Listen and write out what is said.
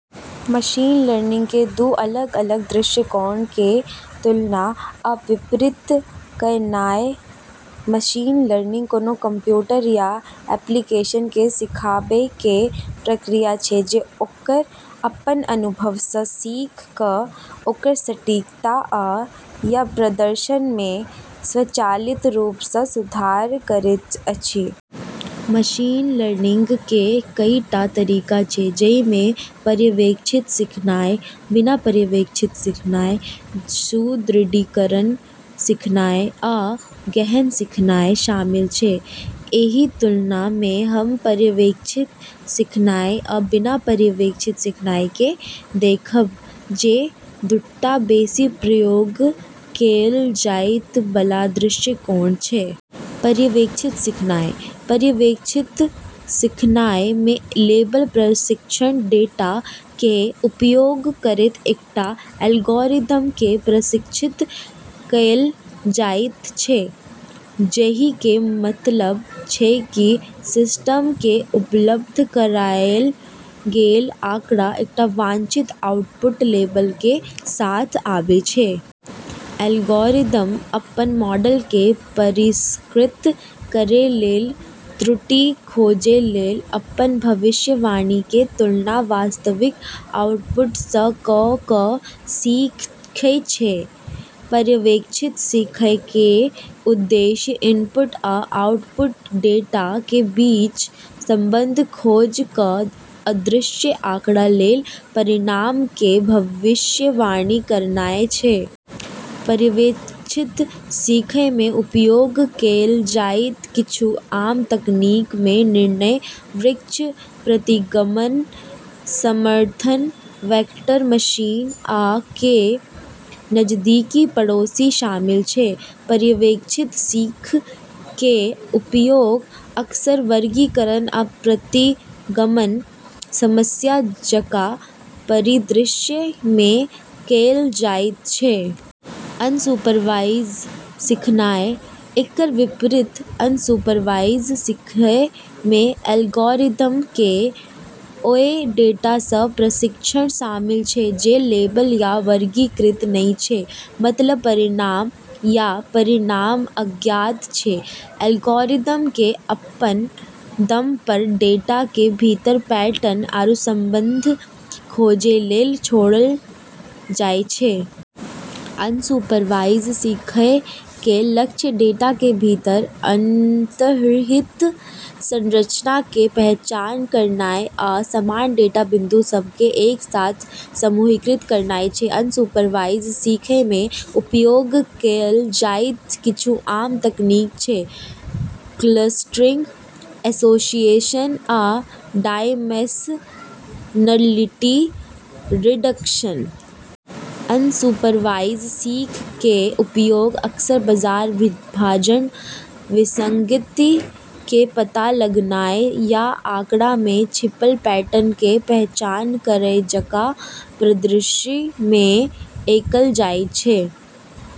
Machine learning केर दू अलग-अलग दृष्टिकोण केर तुलना आ विपरीत कयनाय। मशीन लर्निंग कोनो कंप्यूटर या एप्लीकेशन केँ सिखाबै केर प्रक्रिया छै जे ओकर अपन अनुभव सँ सीख कऽ ओकर सटीकता आ/या प्रदर्शन मे स्वचालित रूप सँ सुधार करैत अछि। मशीन लर्निंग केर कईटा तरीका छै, जहि मे पर्यवेक्षित सीखनाय, बिना पर्यवेक्षित सीखनाय, सुदृढीकरण सीखनाय, आ गहन सीखनाय शामिल छै। एहि तुलना मे हम पर्यवेक्षित सीखनाय आ बिना पर्यवेक्षित सीखना केँ देखब, जे दूटा बेसि प्रयोग कएल जाइत बला दृष्टिकोण छै। पर्यवेक्षित सीखनाय: पर्यवेक्षित सीखनाय मे लेबल प्रशिक्षण डेटा केर उपयोग करैत एकटा एल्गोरिदम केँ प्रशिक्षित कएल जाइत छै, जहि केर मतलब छै की सिस्टम केँ उपलब्ध कराएल गेल आँकड़ा एकटा वांछित आउटपुट लेबल केर साथ आबै छै। एल्गोरिदम अपन मॉडल केँ परिष्कृत करै लेल त्रुटि खोजै लेल अपन भविष्यवाणी के तुलना वास्तविक आउटपुट सँ कऽ कऽ सीखै छै। पर्यवेक्षित सीखय केर उद्देश्य इनपुट आ आउटपुट डेटा केँ बीच संबंध खोज कऽ अदृश्य आँकड़ा लेल परिणाम केर भविष्यवाणी करनाय छै। पर्यवेक्षित सीखय मे उपयोग कएल जाइत किछु आम तकनीक मे निर्णय वृक्ष, प्रतिगमन, समर्थन वेक्टर मशीन आ के-नजदीकी पड़ोसी शामिल छै। पर्यवेक्षित सीख केर उपयोग अक्सर वर्गीकरण आ प्रतिगमन समस्या जकाँ परिदृश्य मे कएल जाइत छै। अनसुपरवाइज सीखनाय: एकर विपरीत, अनसुपरवाइज सीखय मे एल्गोरिदम केँ ओय डेटा सँ प्रशिक्षण शामिल छै जे लेबल या वर्गीकृत नहि छै, मतलब परिणाम या परिणाम अज्ञात छै। एल्गोरिदम केँ अपन दम पर डेटा के भीतर पैटर्न आरू संबंध खोजै लेल छोड़ल जाइत छै। अनसुपरवाइज सीखय केर लक्ष्य डेटा के भीतर अंतर्निहित संरचना केर पहचान करनाय आ समान डेटा बिंदु सभ केँ एक साथ समूहीकृत करनाय छै। अनसुपरवाइज सीखय मे उपयोग कएल जाइत किछु आम तकनीक छै क्लस्टरिंग, एसोसिएशन आ डायमेंशनलिटी रिडक्शन। अनसुपरवाइज सीख केर उपयोग अक्सर बाजार विभाजन, विसंगति केँ पता लगानाय या आँकड़ा मे छिपल पैटर्न केर पहचान करय जकाँ परिदृश्य मे कएल जाइत छै।